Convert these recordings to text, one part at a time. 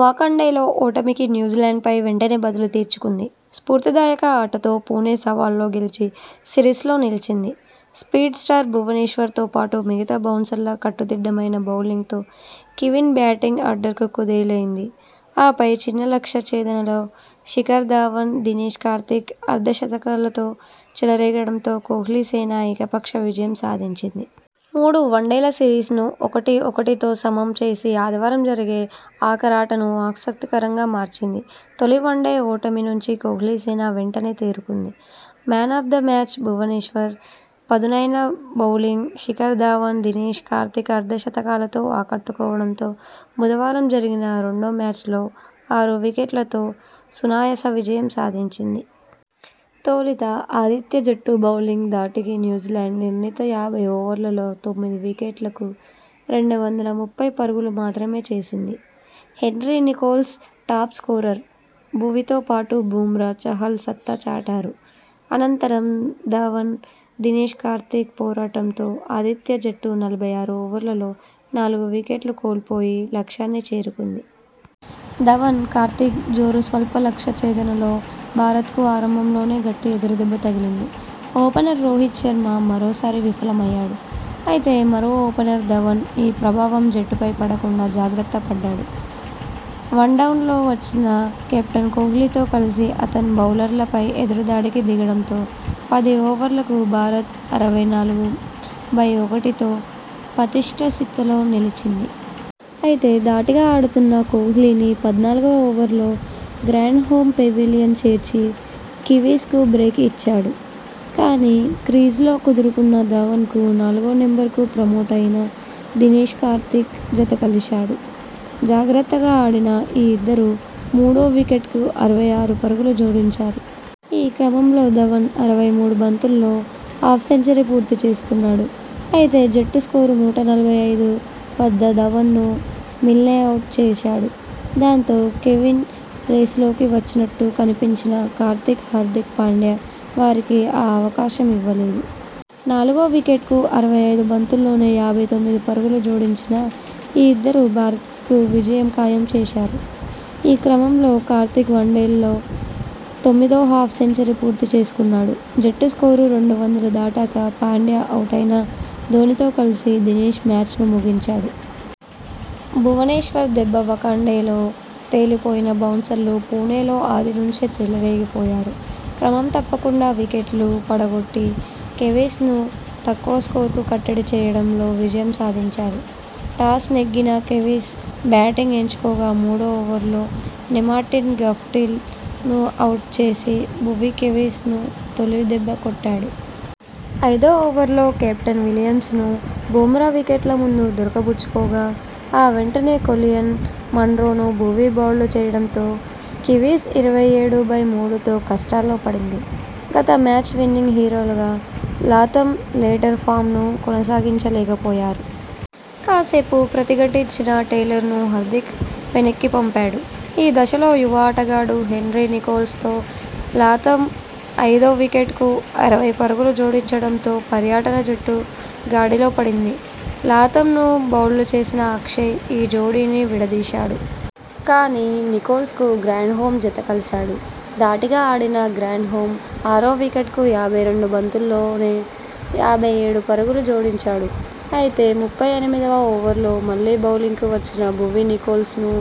వాంఖడేలో ఓటమికి న్యూజిలాండ్ పై వెంటనే బదులు తీర్చుకుంది. స్పూర్తిదాయక ఆటతో పుణె సవాల్లో గెలిచి సిరీస్ లో నిలిచింది. స్పీడ్ స్టార్ భువనేశ్వర్ తో పాటు మిగతా బౌన్సర్ల కట్టుదిడ్డమైన బౌలింగ్ తో కివీన్ బ్యాటింగ్ ఆర్డక కుదేలైంది. ఆపై చిన్న లక్ష్య ఛేదనలో శిఖర్ ధవన్, దినేశ్ కార్తీక్ అర్ధ శతకాలతో చెలరేగడంతో కోహ్లీసేన ఏకపక్ష విజయం సాధించింది. మూడు వన్డేల సిరీస్ ను ఒకటి ఒకటితో సమం చేసి ఆదివారం జరిగే ఆఖరాటను ఆసక్తికరంగా మార్చింది. తొలి వన్డే ఓటమి నుంచి కోహ్లీసేన వెంటనే తేరుకుంది. 'Man of the match' Bhuvneshwar పదునైన బౌలింగ్, శిఖర్ ధవన్, దినేశ్ కార్తీక్ అర్ధ శతకాలతో ఆకట్టుకోవడంతో బుధవారం జరిగిన రెండో మ్యాచ్ లో ఆరు వికెట్లతో సునాయాస విజయం సాధించింది. తొలుత ఆతిథ్య జట్టు బౌలింగ్ ధాటికి న్యూజిలాండ్ నిర్ణీత యాభై ఓవర్లలో తొమ్మిది వికెట్లకు రెండు వందల ముప్పై పరుగులు మాత్రమే చేసింది. Henry Nicholls top scorer. భువీతో పాటు బుమ్రా, చాహల్ సత్తా చాటారు. అనంతరం ధవన్, దినేశ్ కార్తీక్ పోరాటంతో ఆతిథ్య జట్టు నలభై ఆరు ఓవర్లలో నాలుగు వికెట్లు కోల్పోయి లక్ష్యాన్ని చేరుకుంది. ధవన్, కార్తీక్ జోరుస్వల్ప లక్ష్య ఛేదనలో భారత్ కు ఆరంభంలోనే గట్టి ఎదురుదెబ్బ తగిలింది. ఓపెనర్ రోహిత్ శర్మ మరోసారి విఫలమయ్యాడు. అయితే, మరో ఓపెనర్ ధవన్ ఈ ప్రభావం జట్టుపై పడకుండా జాగ్రత్త పడ్డాడు. వన్ డౌన్ లో వచ్చిన కెప్టెన్ కోహ్లీ తో కలిసి అతను బౌలర్లపై ఎదురుదాడికి దిగడంతో పది ఓవర్లకు భారత్ అరవై నాలుగు బై ఒకటితో పతిష్ఠ స్థితిలో నిలిచింది. అయితే, ధాటిగా ఆడుతున్న కోహ్లీని పద్నాలుగువ ఓవర్లో గ్రాండ్ హోమ్ పెవిలియన్ చేర్చి కివీస్ కు బ్రేక్ ఇచ్చాడు. కానీ, క్రీజులో కుదురుకున్న ధవన్కు నాలుగో నెంబర్ కు ప్రమోట్ అయిన దినేశ్ కార్తీక్ జతకలిశాడు. జాగ్రత్తగా ఆడిన ఈ ఇద్దరూ మూడో వికెట్ కు అరవై ఆరు పరుగులు జోడించారు. ఈ క్రమంలో ధవన్ అరవై మూడు బంతుల్లో హాఫ్ సెంచరీ పూర్తి చేసుకున్నాడు. అయితే, జట్టు స్కోరు నూట నలభై ఐదు వద్ద ధవన్ ను మిల్నె అవుట్ చేశాడు. దాంతో, కివీన్ రేసులోకి వచ్చినట్టు కనిపించినా కార్తీక్, హార్దిక్ పాండ్యా వారికి ఆ అవకాశం ఇవ్వలేదు. నాలుగో వికెట్ కు అరవై ఐదు బంతుల్లోనే యాభై తొమ్మిది పరుగులు జోడించిన ఈ ఇద్దరు భారత్ కు విజయం ఖాయం చేశారు. ఈ క్రమంలో కార్తీక్ వన్డేల్లో తొమ్మిదో హాఫ్ సెంచరీ పూర్తి చేసుకున్నాడు. జట్టు స్కోరు రెండు వందల దాటాక పాండ్యా అవుటైనా ధోనీ తో కలిసి దినేశ్ మ్యాచ్ను ముగించాడు. భువనేశ్వర్ దెబ్బవాఖండేలో తేలిపోయిన బౌన్సర్లు పుణెలో ఆది నుంచే చెలరేగిపోయారు. క్రమం తప్పకుండా వికెట్లు పడగొట్టి కెవీస్ ను తక్కువ స్కోరుకు కట్టడి చేయడంలో విజయం సాధించారు. టాస్ నెగ్గిన కెవీస్ బ్యాటింగ్ ఎంచుకోగా మూడో ఓవర్లో నేమార్టిన్ గప్టిల్ ను అవుట్ చేసి భువీ కివీస్ ను తొలి దెబ్బ కొట్టాడు. ఐదో ఓవర్లో కెప్టెన్ విలియమ్సన్ ను బుమ్రా వికెట్ల ముందు దొరకబుచ్చుకోగా ఆ వెంటనే కొలియన్ మన్రో ను భువీ బౌల్డ్ చేయడంతో కివీస్ ఇరవై ఏడు బై మూడుతో కష్టాల్లో పడింది. గత మ్యాచ్ విన్నింగ్ హీరోలుగా లాథమ్, లేటర్ ఫామ్ ను కొనసాగించలేకపోయారు. కాసేపు ప్రతిఘటిం చిన టేలర్ ను హార్దిక్ వెనక్కి పంపాడు. ఈ దశలో యువ ఆటగాడు హెన్రీ నికోల్స్ తో లాథమ్ ఐదో వికెట్ కు అరవై పరుగులు జోడించడంతో పర్యాటక జట్టు గాడిలో పడింది. లాథమ్ ను బౌల్డ్ చేసిన అక్షయ్ ఈ జోడీని విడదీశాడు. కానీ, నికోల్స్ కు గ్రాండ్ హోమ్ జతకలిశాడు. ధాటిగా ఆడిన గ్రాండ్ హోమ్ ఆరో వికెట్ కు యాభై రెండు బంతుల్లోనే యాభై ఏడు పరుగులు జోడించాడు. అయితే ముప్పై ఎనిమిదోవ ఓవర్లో మళ్లీ బౌలింగ్ కు వచ్చిన భువీ, నికోల్స్ ను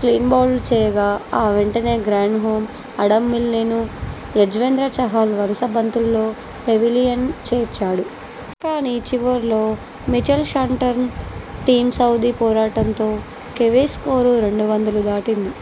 క్లీన్బౌల్డ్ చేయగా ఆ వెంటనే, గ్రాండ్ హోమ్, ఆడమ్ మిల్నె ను యజ్వేంద్ర చాహల్ వరుస బంతుల్లో పెవిలియన్ చేర్చాడు. కానీ, చివర్లో మిచెల్ శాంటర్న్, టిమ్ సౌథీ పోరాటంతో కివీస్ స్కోరు రెండు వందలు దాటింది.